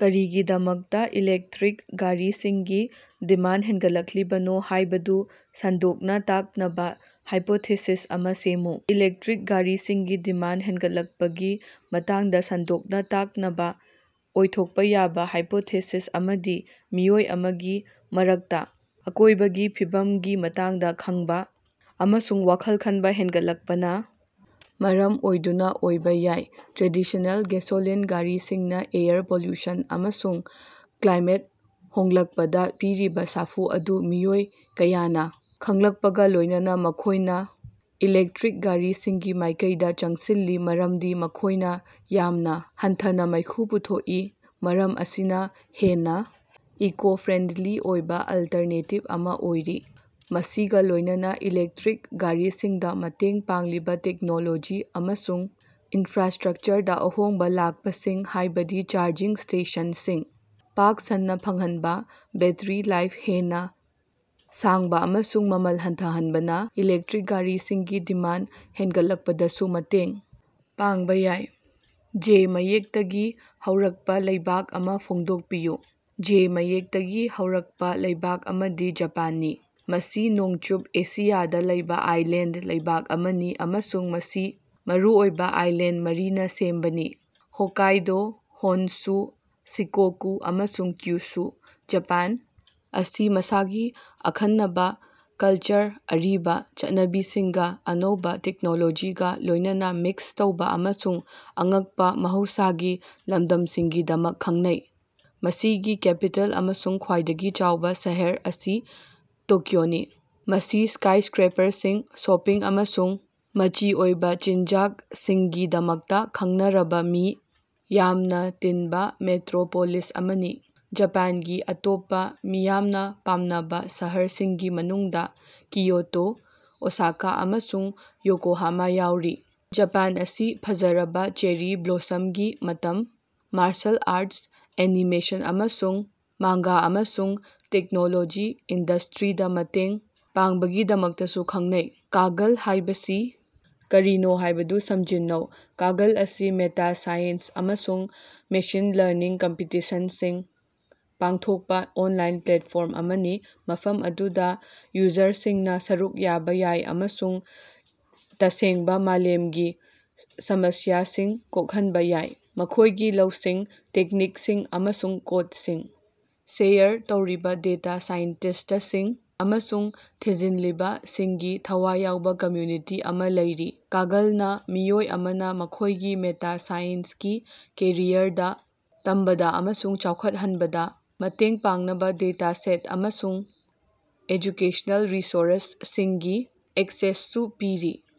ꯀꯔꯤꯒꯤꯗꯃꯛꯇ electric ꯒꯥꯔꯤꯁꯤꯡꯒꯤ demand ꯍꯦꯟꯒꯠꯂꯛꯂꯤꯕꯅꯣ ꯍꯥꯢꯕꯗꯨ ꯁꯟꯗꯣꯛꯅ ꯇꯥꯛꯅꯕ ꯍꯥꯏꯄꯣꯊꯦꯁꯤꯁ ꯑꯃꯥ ꯁꯦꯝꯃꯨ꯫ ꯏꯂꯦꯛꯇ꯭ꯔꯤꯛ ꯒꯥꯔꯤꯁꯤꯡꯒꯤ ꯗꯤꯃꯥꯟꯗ ꯍꯦꯟꯒꯠꯂꯛꯄꯒꯤ ꯃꯇꯥꯡꯗ ꯁꯟꯗꯣꯛꯅ ꯇꯥꯛꯅꯕ ꯑꯣꯏꯊꯣꯛꯄ ꯌꯥꯕ ꯍꯥꯏꯄꯣꯊꯦꯁꯤꯁ ꯑꯃꯗꯤ ꯃꯤꯑꯣꯏ ꯑꯃꯒꯤ ꯃꯔꯛꯇ ꯑꯀꯣꯢꯕꯒꯤ ꯐꯤꯕꯝꯒꯤ ꯃꯇꯥꯡꯗ ꯈꯡꯕꯥ ꯑꯃꯁꯨꯡ ꯋꯥꯈꯜ ꯈꯟꯕ ꯍꯦꯟꯒꯠꯂꯛꯄꯅ ꯃꯔꯝ ꯑꯣꯏꯗꯨꯅ ꯑꯣꯏꯕ ꯌꯥꯏ꯫ ꯇ꯭ꯔꯦꯗꯤꯁꯅꯦꯜ ꯒꯦꯁꯣꯂꯤꯟ ꯒꯥꯔꯤꯁꯤꯡꯅ ꯑꯦꯌꯔ ꯄꯣꯂꯨꯁꯟ ꯑꯃꯁꯨꯡ ꯀ꯭ꯂꯥꯏꯃꯦꯠ ꯍꯣꯡꯂꯛꯄꯗ ꯄꯤꯔꯤꯕ ꯁꯥꯐꯨ ꯑꯗꯨ ꯃꯤꯑꯣꯏ ꯀꯌꯥꯅ ꯈꯡꯂꯛꯄꯒ ꯂꯣꯢꯅꯅꯥ ꯃꯈꯣꯢꯅ ꯏꯂꯦꯛꯇ꯭ꯔꯤꯛ ꯒꯥꯔꯤꯁꯤꯡꯒꯤ ꯃꯥꯢꯀꯩꯗ ꯆꯪꯁꯤꯜꯂꯤ ꯃꯔꯝꯗꯤ ꯃꯈꯣꯢꯅ ꯌꯥꯝꯅ ꯍꯟꯊꯅ ꯃꯩꯈꯨ ꯄꯨꯊꯣꯛꯏ ꯃꯔꯝ ꯑꯁꯤꯅ ꯍꯦꯟꯅ ꯏꯀꯣ-ꯐ꯭ꯔꯦꯟꯗꯂꯤ ꯑꯣꯏꯕ ꯑꯜꯇꯔꯅꯦꯇꯤꯕ ꯑꯃ ꯑꯣꯏꯔꯤ꯫ ꯃꯁꯤꯒ ꯂꯣꯢꯅꯅꯥ ꯏꯂꯦꯛꯇ꯭ꯔꯤꯛ ꯒꯥꯔꯤꯁꯤꯡꯗ ꯃꯇꯦꯡ ꯄꯥꯡꯂꯤꯕꯥ ꯇꯦꯛꯅꯣꯂꯣꯖꯤ ꯑꯃꯁꯨꯡ ꯏꯟꯐ꯭ꯔꯥꯁꯇ꯭ꯔꯛꯆꯔꯗ ꯑꯍꯣꯡꯕ ꯂꯥꯛꯄꯁꯤꯡ ꯍꯥꯢꯕꯗꯤ ꯆꯥꯔꯖꯤꯡ ꯁ꯭ꯇꯦꯁꯟꯁꯤꯡ ꯄꯥꯛ ꯁꯟꯅ ꯐꯪꯍꯟꯕ ꯕꯦꯠꯇ꯭ꯔꯤ-ꯂꯥꯏꯐ ꯍꯦꯟꯅ ꯁꯥꯡꯕ ꯑꯃꯁꯨꯡ ꯃꯃꯜ ꯍꯟꯊꯍꯟꯕꯅ ꯏꯂꯦꯛꯇ꯭ꯔꯤꯛ ꯒꯥꯔꯤꯁꯤꯡꯒꯤ ꯗꯤꯃꯥꯟꯗ ꯍꯦꯟꯒꯠꯂꯛꯄꯗꯁꯨ ꯃꯇꯦꯡ ꯄꯥꯡꯕ ꯌꯥꯏ꯫ ꯖꯦ ꯃꯌꯦꯛꯇꯒꯤ ꯍꯧꯔꯛꯄ ꯂꯩꯕꯥꯛ ꯑꯃ ꯐꯣꯡꯗꯣꯛꯄꯤꯌꯨ꯫ ꯖꯦ ꯃꯌꯦꯛꯇꯒꯤ ꯍꯧꯔꯛꯄ ꯂꯩꯕꯥꯛ ꯑꯃꯗꯤ ꯖꯄꯥꯟꯅꯤ꯫ ꯃꯁꯤ ꯅꯣꯡꯆꯨꯞ ꯑꯦꯁꯤꯌꯥꯗ ꯂꯩꯕ ꯑꯥꯏꯂꯦꯟꯗ ꯂꯩꯕꯥꯛ ꯑꯃꯅꯤ ꯑꯃꯁꯨꯡ ꯃꯁꯤ ꯃꯔꯨꯑꯣꯏꯕ ꯑꯥꯏꯂꯦꯟꯗ ꯃꯔꯤꯅꯥ ꯁꯦꯝꯕꯅꯤ ꯍꯣꯛꯀꯥꯏꯗꯣ, ꯍꯣꯟꯁꯨ, ꯁꯤꯀꯣꯀꯨ ꯑꯃꯁꯨꯡ ꯀ꯭ꯌꯨꯁꯨ꯫ ꯖꯄꯥꯟ ꯑꯁꯤ ꯃꯁꯥꯒꯤ ꯑꯈꯟꯅꯕ ꯀꯜꯆꯔ ꯑꯔꯤꯕ ꯆꯠꯅꯕꯤꯁꯤꯡꯒ ꯑꯅꯧꯕ ꯇꯦꯛꯅꯣꯂꯣꯖꯤꯒ ꯂꯣꯢꯅꯅꯥ ꯃꯤꯛꯁ ꯇꯧꯕꯥ ꯑꯃꯁꯨꯡ ꯑꯉꯛꯄ ꯃꯍꯧꯁꯥꯒꯤ ꯂꯝꯗꯝꯁꯤꯡꯒꯤꯗꯃꯛ ꯈꯪꯅꯩ꯫ ꯃꯁꯤꯒꯤ ꯀꯦꯄꯤꯇꯦꯜ ꯑꯃꯁꯨꯡ ꯈ꯭ꯋꯥꯏꯗꯒꯤ ꯆꯥꯎꯕ ꯁꯍꯔ ꯑꯁꯤ ꯇꯣꯀꯤꯑꯣꯅꯤ ꯃꯁꯤ ꯁ꯭ꯀꯥꯏꯁꯀ꯭ꯔꯦꯄꯔꯁꯤꯡ ꯁꯣꯄꯤꯡ ꯑꯃꯁꯨꯡ ꯃꯆꯤ ꯑꯣꯏꯕ ꯆꯤꯟꯖꯥꯛꯁꯤꯡꯒꯤꯗꯃꯛꯇ ꯈꯡꯅꯔꯕ ꯃꯤ ꯌꯥꯝꯅ ꯇꯤꯟꯕ ꯃꯦꯇ꯭ꯔꯣꯄꯣꯂꯤꯁ ꯑꯃꯅꯤ꯫ ꯖꯄꯥꯟꯒꯤ ꯑꯇꯣꯞꯄ ꯃꯤꯌꯥꯝꯅ ꯄꯥꯝꯅꯕ ꯁꯍꯔꯁꯤꯡꯒꯤ ꯃꯅꯨꯡꯗ ꯀꯤꯌꯣꯇꯣ ꯑꯣꯁꯥꯀꯥ ꯑꯃꯁꯨꯡ ꯌꯣꯀꯣꯍꯥꯃꯥ ꯌꯥꯎꯔꯤ꯫ ꯖꯄꯥꯟ ꯑꯁꯤ ꯐꯖꯔꯕ ꯆꯦꯔꯤ ꯕ꯭ꯂꯣꯁꯝꯒꯤ ꯃꯇꯝ, ꯃꯥꯔꯁꯜ ꯑꯥꯔꯠ, ꯑꯦꯅꯤꯃꯦꯁꯟ ꯑꯃꯁꯨꯡ ꯃꯥꯡꯒꯥ ꯑꯃꯁꯨꯡ ꯇꯦꯛꯅꯣꯂꯣꯖꯤ ꯏꯟꯗꯁꯇ꯭ꯔꯤꯗ ꯃꯇꯦꯡ ꯄꯥꯡꯕꯒꯤꯗꯃꯛꯇꯁꯨ ꯈꯪꯅꯩ꯫ ꯀꯥꯒꯜ ꯍꯥꯢꯕꯁꯤ ꯀꯔꯤꯅꯣ ꯍꯥꯢꯕꯗꯨ ꯁꯝꯖꯤꯟꯅꯧ꯫ ꯀꯥꯒꯜ ꯑꯁꯤ ꯗꯦꯇꯥ ꯁꯥꯏꯟꯁ ꯑꯃꯁꯨꯡ ꯃꯦꯁꯤꯟ ꯂꯔꯅꯤꯡ ꯀꯝꯄꯤꯇꯤꯁꯟꯁꯤꯡ ꯄꯥꯡꯊꯣꯛꯄ ꯑꯣꯟꯂꯥꯏꯟ ꯄ꯭ꯂꯦꯠꯐꯣꯔꯝ ꯑꯃꯅꯤ ꯃꯐꯝ ꯑꯗꯨꯗ ꯌꯨꯖꯔꯁꯤꯡꯅ ꯁꯔꯨꯛ ꯌꯥꯕ ꯌꯥꯏ ꯑꯃꯁꯨꯡ ꯇꯁꯦꯡꯕ ꯃꯥꯂꯦꯝꯒꯤ ꯁꯃꯁ꯭ꯌꯥꯁꯤꯡ ꯀꯣꯛꯍꯟꯕ ꯌꯥꯏ꯫ ꯃꯈꯣꯢꯒꯤ ꯂꯧꯁꯤꯡ, ꯇꯦꯛꯅꯤꯛꯁꯤꯡ ꯑꯃꯁꯨꯡ ꯀꯣꯗꯁꯤꯡ ꯁꯦꯌꯔ ꯇꯧꯔꯤꯕ ꯗꯦꯇꯥ ꯁꯥꯏꯟꯇꯤꯁꯇꯁꯤꯡ ꯑꯃꯁꯨꯡ ꯊꯤꯖꯤꯜꯂꯤꯕ ꯁꯤꯡꯒꯤ ꯊꯋꯥꯏ ꯌꯥꯎꯕ ꯀꯝꯃ꯭ꯌꯨꯅꯤꯇꯤ ꯑꯃ ꯂꯩꯔꯤ꯫ ꯀꯥꯒꯜꯅꯥ ꯃꯤꯑꯣꯏ ꯑꯃꯅ ꯃꯈꯣꯢꯒꯤ ꯗꯦꯇꯥ ꯁꯥꯏꯟꯁꯀꯤ ꯀꯦꯔꯤꯌꯔꯗ ꯇꯝꯕꯗ ꯑꯃꯁꯨꯡ ꯆꯥꯎꯈꯠꯍꯟꯕꯗ ꯃꯇꯦꯡ ꯄꯥꯡꯅꯕ ꯗꯦꯇꯥꯁꯦꯠ ꯑꯃꯁꯨꯡ ꯑꯦꯖꯨꯀꯦꯁꯅꯦꯜ ꯔꯤꯁꯣꯔꯁꯁꯤꯡꯒꯤ ꯑꯦꯛꯁꯦꯁꯁꯨ ꯄꯤꯔꯤ꯫